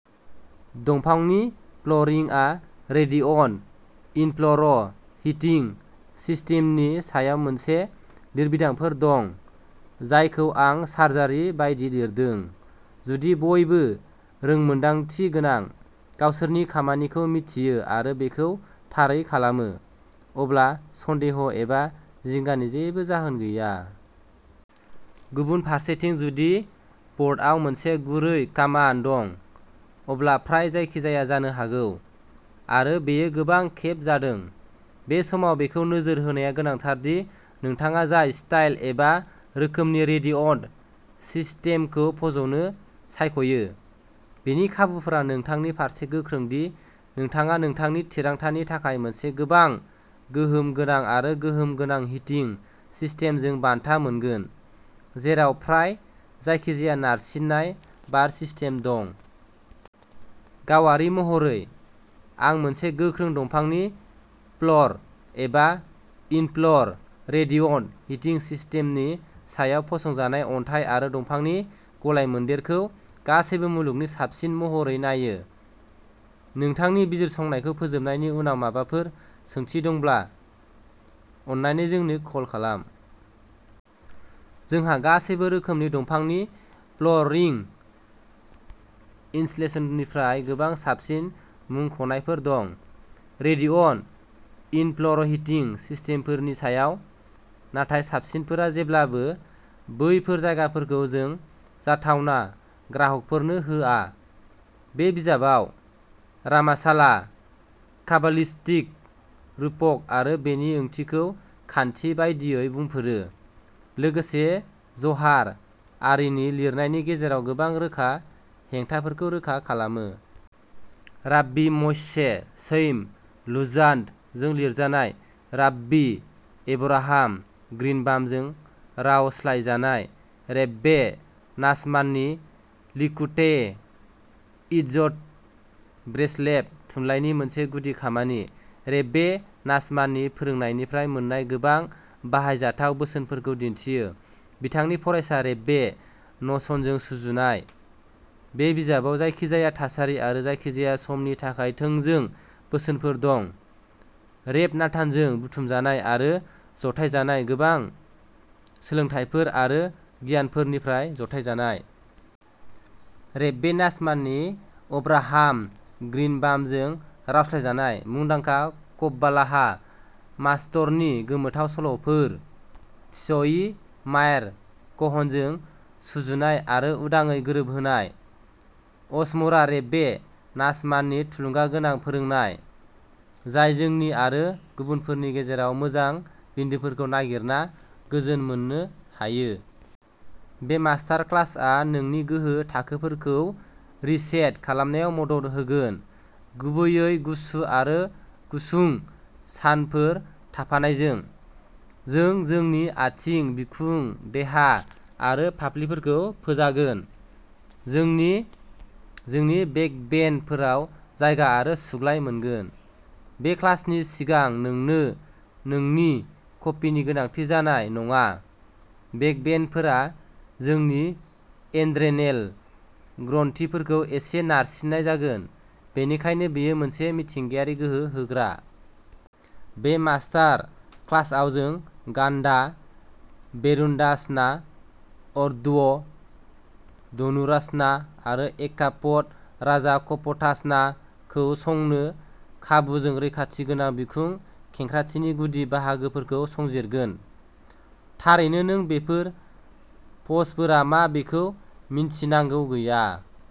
दंफांनि फ्ल'रिंआ radiant in-floor hitting सिस्टेमनि सायाव माखासे लिरबिदांफोराव दं, जायखौ आं सार्जारि बायदि लिरदों। जुदि बयबो रोंमोन्दांथि गोनां, गावसोरनि खामानिखौ मिथियो आरो बेखौ थारै खालामो, अब्ला सन्देह' एबा जिंगानि जेबो जाहोन गैया। गुबुन फारसेथिं, जुदि ब'र्डआव मोनसे गुरै कामान दं, अब्ला फ्राय जायखिजाया जानो हागौ, आरो बेयो गोबां खेब जादों। बे समाव बेखौ नोजोर होनाया गोनांथार दि नोंथाङा जाय स्टाइल एबा रोखोमनि रेडिअन्ट सिस्टेमखौ फज'नो सायख'यो, बेनि खाबुफोरा नोंथांनि फारसे गोख्रों दि नोंथाङा नोंथांनि थिरांथानि थाखाय मोनसे गोबां गोहोम गोनां आरो गोहोम गोनां हिटिं सिस्टेमजों बान्था मोनगोन, जेराव फ्राय जायखिजाया नारसिननाय बार सिस्टेम दं। गावारि महरै, आं मोनसे गोख्रों दंफांनि फ्ल'र, एबा इन-फ्ल'र रेडिअन्ट हिटिं सिस्टेमनि सायाव फसंजानाय अन्थाइ आरो दंफांनि गलायमोन्देरखौ गासैबो मुलुगनि साबसिन महरै नायो। नोंथांनि बिजिरसंनायखौ फोजोबनायनि उनाव माबाफोर सोंथि दंब्ला, अन्नानै जोंनो कल खालाम। जोंहा गासैबो रोखोमनि दंफांनि फ्ल'रिं इनस्टलेशननिफ्राय गोबां साबसिन मुंख'नायफोर दं, रेडिअन्ट इन-फ्ल'र हिटिं सिस्टेमफोरनि सायाव, नाथाय साबसिनफोरा जेब्लाबो बैफोर जायफोरखौ जों जाथावना ग्राहकफोरनो होआ। बे बिजाबाव, रामचाला काबालिस्टिक रुपक आरो बेनि ओंथिखौ खान्थि बायदियै बुंफोरो, लोगोसे ज'हार आरिनि लिरनायनि गेजेराव गोबां रोखा हेंथाफोरखौ रोखा खालामो। राब्बी म'शे चैम लुज्जात्त'जों लिरजानाय, राब्बी एभराहाम ग्रीनबामजों रावस्लायजानाय। रेब्बे नाचमाननि लिकुटेइ इटज'ट, ब्रेसलेभ थुनलाइनि मोनसे गुदि खामानि, रेब्बे नाचमाननि फोरोंनायनिफ्राय मोन्नाय गोबां बाहायजाथाव बोसोनफोरखौ दिन्थियो। बिथांनि फरायसा, रेब्बे न'सनजों सुजुनाय। बे बिजाबाव जायखिजाया थासारि आरो जायखिजाया समनि थाखाय थोंजों बोसोनफोर दं, रेब नातानजों बुथुमजानाय आरो जथायजानाय, गोबां सोलोंथायफोर आरो गियानफोरनिफ्राय जथायजानाय। रेब्बे नाचमाननि अभ्राहाम ग्रीनबामजों रावस्लायजानाय। मुंदांखा कब्बालाह मास्तरनि गोमोथाव सल'फोर। त्सवी मायर क'हनजों सुजुनाय आरो उदाङै गोरोबहोनाय। आजमरा रेब्बे नाचमाननि थुलुंगागोनां फोरोंनाय, जाय जोंनि आरो गुबुनफोरनि गेजेराव मोजां बिन्दोफोरखौ नागिरना गोजोन मोन्नो हायो। बे मास्टार क्लासआ नोंनि गोहो थाखोफोरखौ रिसेट खालामनायाव मदद होगोन, गुबैयै गुसु आरो गुसुं सानफोर थाफानायजों। जों जोंनि आथिं, बिखुं देहा आरो फाफ्लिफोरखौ फोजागोन, जोंनि बेकबेन्डफोराव जायगा आरो सुग्लाय मोनगोन। बे क्लासनि सिगां नोंनो नोंनि कफिनि गोनांथि जानाय नङा, बेकबेन्डफोरा जोंनि एड्रेनेल ग्रन्थिफोरखौ एसे नारसिन्नाय जागोन, बेनिखायनो बेयो मोनसे मिथिंगायारि गोहो होग्रा। बे मास्टार क्लासाव जों घाण्डा भेरुनदासना, उर्ध्व धनुरासना आरो एका पद राजा कप'टासना खौ संनो खाबुजों रैखाथि गोनां बिखुं खेंख्राथिनि गुदि बाहागोफोरखौ संजिरगोन। थारैनो नों बेफोर प'जफोरा मा बेखौ मिन्थिनांगौ गैया।